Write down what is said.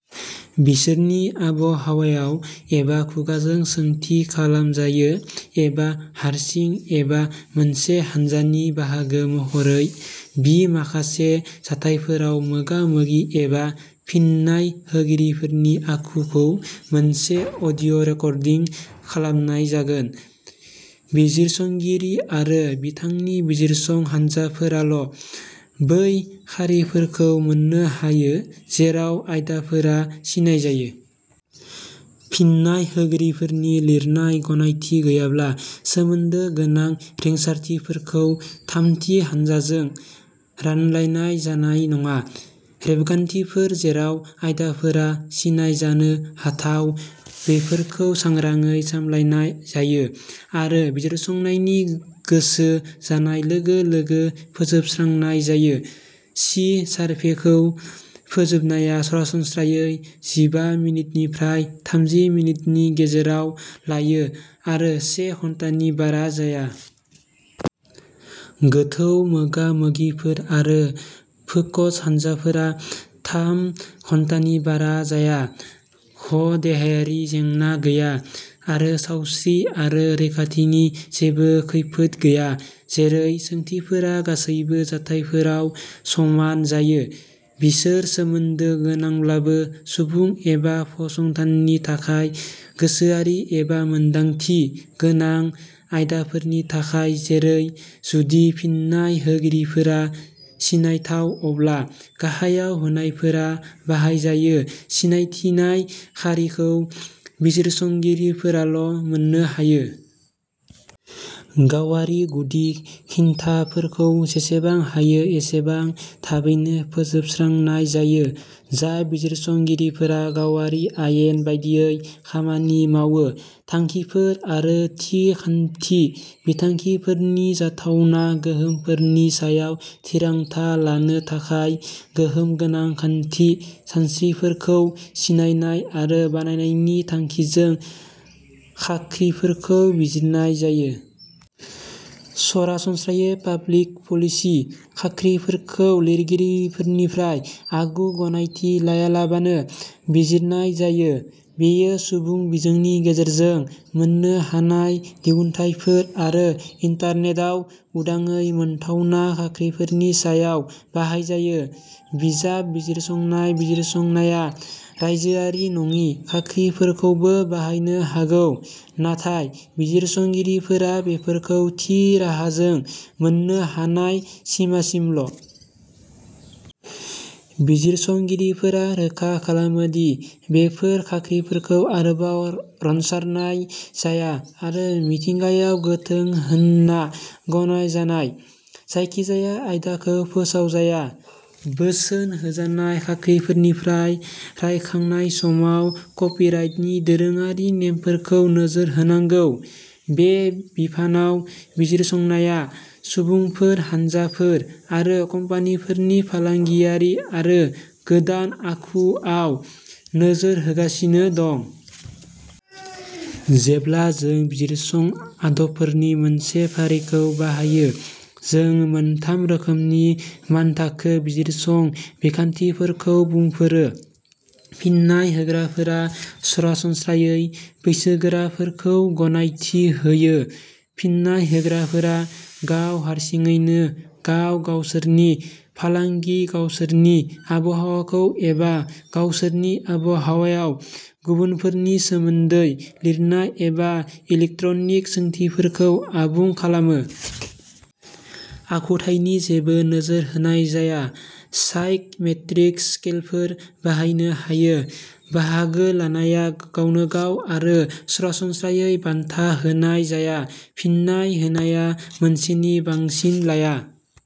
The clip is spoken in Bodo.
बिसोरनि आबहावायाव एबा खुगाजों सोंथि खालामजायो एबा हारसिं एबा मोनसे हान्जानि बाहागो महरै बि माखासे जाथायफोराव मोगा मोगि एबा फिन्नाय होगिरिफोरनि आखुखौ मोनसे अडिअ रेकर्डिं खालामनाय जागोन। बिजिरसंगिरि आरो बिथांनि बिजिरसं हानजाफोराल बै खारिफोरखौ मोननो हायो जेराव आयदाफोरा सिनायजायो। फिन्नाय होगिरिफोरनि लिरनाय गनायथि गैयाब्ला सोमोन्दो गोनां रिंसारथिफोरखौ थामथि हानजाजों रानलायनाय जानाय नङा। रेबगान्थिफोर जेराव आयदाफोरा सिनायजानो हाथाव बेफोरखौ सांग्राङै सामलायनाय जायो आरो बिजिरसंनायनि गोसो जानाय लोगो लोगो फोजोबस्रांनाय जायो। सि सारभेखौ फोजोबनाया सरासनस्रायै जिबा मिनिटनिफ्राय थाम्जि मिनिटनि गेजेराव लायो आरो से घन्टानि बारा जाया। गोथौ मोगा मोगिफोर आरो फोकस हानजाफोरा थाम घन्टानि बारा जाया। घ देहायारि जेंना गैया आरो सावस्रि आरो रैखाथिनि जेबो खैफोद गैया। जेरै सोंथिफोरा गासैबो जाथायफोराव समान जायो। बिसोर सोमोन्दो गोनांब्लाबो सुबुं एबा फसंथाननि थाखाय गोसोआरि एबा मोनदांथि गोनां आयदाफोरनि थाखाय जेरै जुदि फिन्नाय होगिरिफोरा सिनायथाव अब्ला गाहायाव होनायफोरा बाहायजायो सिनायथिनाय खारिखौ बिजिरसंगिरिफोराल मोननो हायो। गावारि गुदि खिथाफोरखौ जेसेबां हायो एसेबां थाबैनो फोजोबस्रांनाय जायो। जाय बिजिरसंगिरिफोरा गावारि आयेन बादियै खामानि मावो। थांखिफोर आरो थि खान्थि बिथांखिफोरनि जाथावना गोहोमफोरनि सायाव थिरांथा लानो थाखाय गोहोम गोनां खान्थि सानस्रिफोरखौ सिनायनाय आरो बानायनायनि थांखिजों खाख्रिफोरखौ बिजिरनाय जायो। सरासनस्रायै पाब्लिक पलिसि खाख्रिफोरखौ लिरगिरिफोरनिफ्राय आगु गनायथि लायालाबानो बिजिरनाय जायो। बेयो सुबुं बिजोंनि गेजेरजों मोननो हानाय दिहुनथायफोर आरो इन्टारनेटआव उदाङै मोनथावना खाख्रिफोरनि सायाव बाहायजायो। बिजाब बिजिरसंनाय बिजिरसंनाया रायजोआरि नङि खाख्रिफोरखौबो बाहायनो हागौ नाथाय बिजिरसंगिरिफोरा बेफोरखौ थि राहाजों मोननो हानाय सिमासिमल। बिजिरसंगिरिफोरा रोखा खालामो दि बेफोर खाख्रिफोरखौ आरोबाव रनसारनाय जाया आरो मिथिंगायाव गोथों होनना गनायजानाय। जायखिजाया आयदाखौ फोसावजाया। बोसोन होजानाय खाख्रिफोरनिफ्राय रायखांनाय समाव कपिराइटनि दोरोङारि नेमफोरखौ नोजोर होनांगौ। बे बिफानाव बिजिरसंनाया सुबुंफोर हानजाफोर आरो कम्पानिफोरनि फालांगियारि आरो गोदान आखु आव नोजोर होगासिनो दं। जेब्ला जों बिजिरसं आदबफोरनि मोनसे फारिखौ बाहायो जों मोनथाम रोखोमनि मानथाखो बिजिरसं बिखान्थिफोरखौ बुंफोरो। फिन्नाय होग्राफोरा सरासनस्रायै बैसोगोराफोरखौ गनायथि होयो। फिन्नाय होग्राफोरा गाव हारसिङैनो गाव गावसोरनि फालांगि गावसोरनि आबहावाखौ एबा गावसोरनि आबहावायाव गुबुनफोरनि सोमोन्दै लिरनाय एबा इलेक्ट्रनिक सोंथिफोरखौ आबुं खालामो। आखुथायनि जेबो नोजोर होनाय जाया। साइक मेट्रिक स्केलफोर बाहायनो हायो। बाहागो लानाया गावनोगाव आरो सरासनस्रायै बान्था होनाय जाया। फिन्नाय होनाया मोनसेनि बांसिन लाया।